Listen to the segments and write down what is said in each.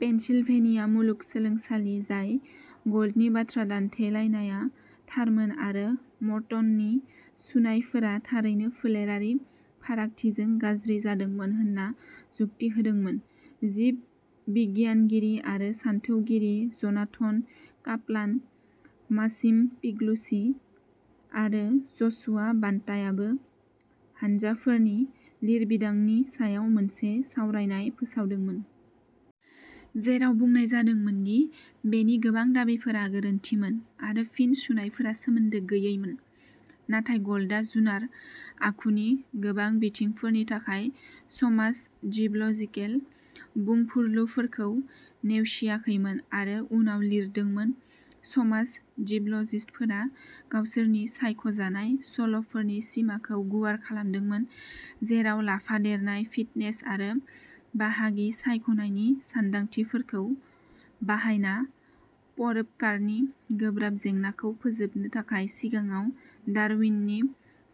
Pennsylvania मुलुगसोलोंसालि जाय ग'ल्डनि बाथ्रा दान्थेलायनाया थारमोन आरो मर्टननि सुनायफोरा थारैनो फोलेरारि फारागथिजों गाज्रि जादोंमोन होनना जुक्ति होदोंमोन। जिब बिगियानगिरि आरो सानथौगिरि जनाथन कापलान, मासिम'पिग्लुचि, आरो जसुआ बान्टायाबो हानजाफोरनि लिरबिदांनि सायाव मोनसे सावरायनाय फोसावदोंमोन। जेराव बुंनाय जादोंमोन दि बेनि गोबां दाबिफोरा गोरोन्थिमोन आरो फिन सुनायफोरा सोमोन्दो गैयैमोन। नाथाय ग'ल्डआ जुनार आखुनि गोबां बिथिंफोरनि थाखाय समाज'जिब'ल'जिकेल बुंफुरलुफोरखौ नेवसियाखैमोन आरो उनाव लिरदोंमोन "समाज'जिब'ल'जिस्तफोरा गावसोरनि सायख'जानाय सल'फोरनि सिमाखौ गुवार खालामदोंमोन जेराव लाफादेरनाय फिटनेस आरो बाहागि सायख'नायनि सानदांथिफोरखौ बाहायना परोपकारनि गोब्राब जेंनाखौ फोजोबनो थाखाय सिगाङाव डारविननि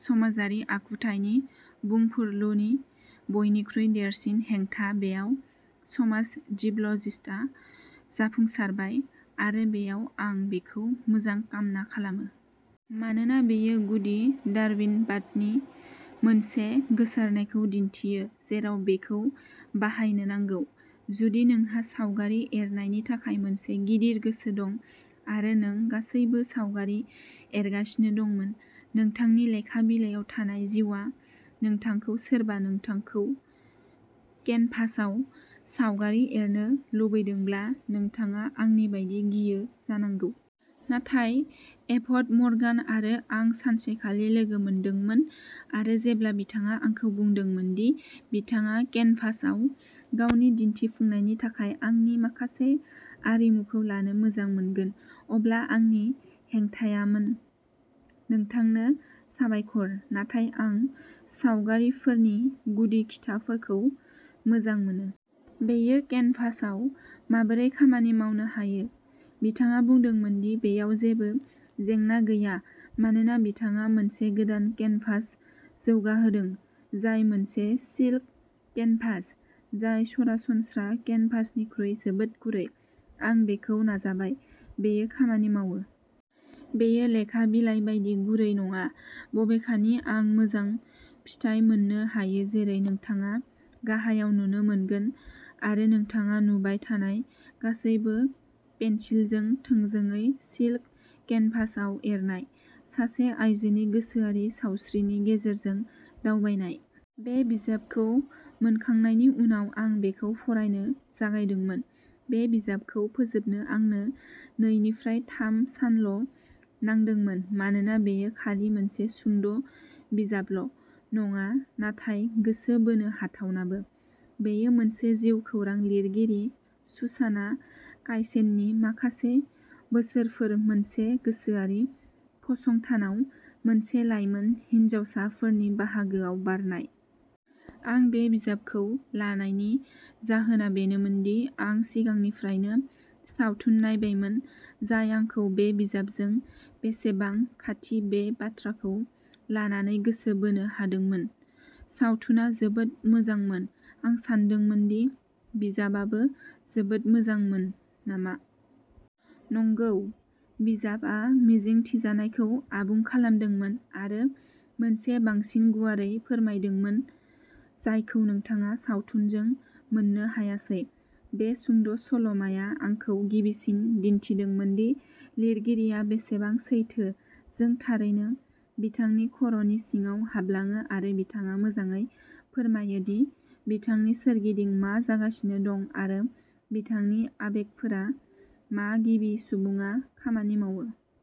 समाजारि आखुथायनि बुंफुरलुनि बयनिख्रुइ देरसिन हेंथा बेयाव समाज'जिब'ल'जिस्तआ जाफुंसारबाय आरो बेयाव आं बेखौ मोजां कामना खालामो। मानोना बेयो गुदि डारविनबादनि मोनसे गोसारनायखौ दिन्थियो जेराव बेखौ बाहायनो नांगौ।" जुदि नोंहा सावगारि एरनायनि थाखाय मोनसे गिदिर गोसो दं आरो नों गासैबो सावगारि एरगासिनो दंमोन। नोंथांनि लेखा बिलायाव थानाय जिउआ नोंथांखौ सोरबा नोंथांखौ केनभासआव सावगारि एरनो लुबैदोंब्ला नोंथाङा आंनि बायदि गियो जानांगौ। नाथाय एभट मर्गान आरो आं सानसेखालि लोगो मोनदोंमोन आरो जेब्ला बिथाङा आंखौ बुंदोंमोन दि बिथाङा केनभासआव गावनि दिन्थिफुंनायनि थाखाय आंनि माखासे आरिमुखौ लानो मोजां मोनगोन अब्ला आंनि हेंथायामोन "नोंथांनो साबायखर। नाथाय आं सावगारिफोरनि गुदि खिथाफोरखौ मोजां मोनो। बेयो केनभासआव माबोरै खामानि मावनो हायो?" बिथाङा बुंदोंमोन दि बेयाव जेबो जेंना गैया मानोना बिथाङा मोनसे गोदान केनभास जौगाहोदों जाय मोनसे "सिल्क केनभास" जाय सरासनस्रा केनभासनिख्रुइ जोबोद गुरै। आं बेखौ नाजाबाय। बेयो खामानि मावो। बेयो लेखा बिलाय बायदि गुरै नङा बबेखानि आं मोजां फिथाय मोननो हायो जेरै नोंथाङा गाहायाव नुनो मोनगोन आरो नोंथाङा नुबाय थानाय गासैबो पेन्सिलजों थोंजोङै सिल्क केनभासआव एरनाय। सासे आयजोनि गोसोआरि सावस्रिनि गेजेरजों दावबायनाय। बे बिजाबखौ मोनखांनायनि उनाव आं बेखौ फरायनो जागायदोंमोन। बे बिजाबखौ फोजोबनो आंनो नैनिफ्राय थाम सानल' नांदोंमोन मानोना बेयो खालि मोनसे सुंद' बिजाबल' नङा नाथाय गोसो बोनो हाथावनाबो। बेयो मोनसे जिउखौरां लिरगिरि सुसाना कायसेननि माखासे बोसोरफोर मोनसे गोसोआरि फसंथानाव मोनसे लाइमोन हिनजावसाफोरनि बाहागोआव बारनाय। आं बे बिजाबखौ लानायनि जाहोना बेनोमोन दि आं सिगांनिफ्रायनो सावथुन नायबायमोन जाय आंखौ बे बिजाबजों बेसेबां खाथि बे बाथ्राखौ लानानै गोसो बोनो हादोंमोन। सावथुना जोबोद मोजांमोन आं सानदोंमोन दि बिजाबाबो जोबोद मोजांमोन नामा? नंगौ बिजाबआ मिजिंथिजानायखौ आबुं खालामदोंमोन आरो मोनसे बांसिन गुवारै फोरमायदोंमोन जायखौ नोंथाङा सावथुनजों मोननो हायासै। बे सुंद' सल'माया आंखौ गिबिसिन दिन्थिदोंमोन दि लिरगिरिया बेसेबां सैथो जों थारैनो बिथांनि खर'नि सिङाव हाबलाङो आरो बिथाङा मोजाङै फोरमायो दि बिथांनि सोरगिदिं मा जागासिनो दं आरो बिथांनि आबेगफोरा मा गिबि सुबुङा खामानि मावो?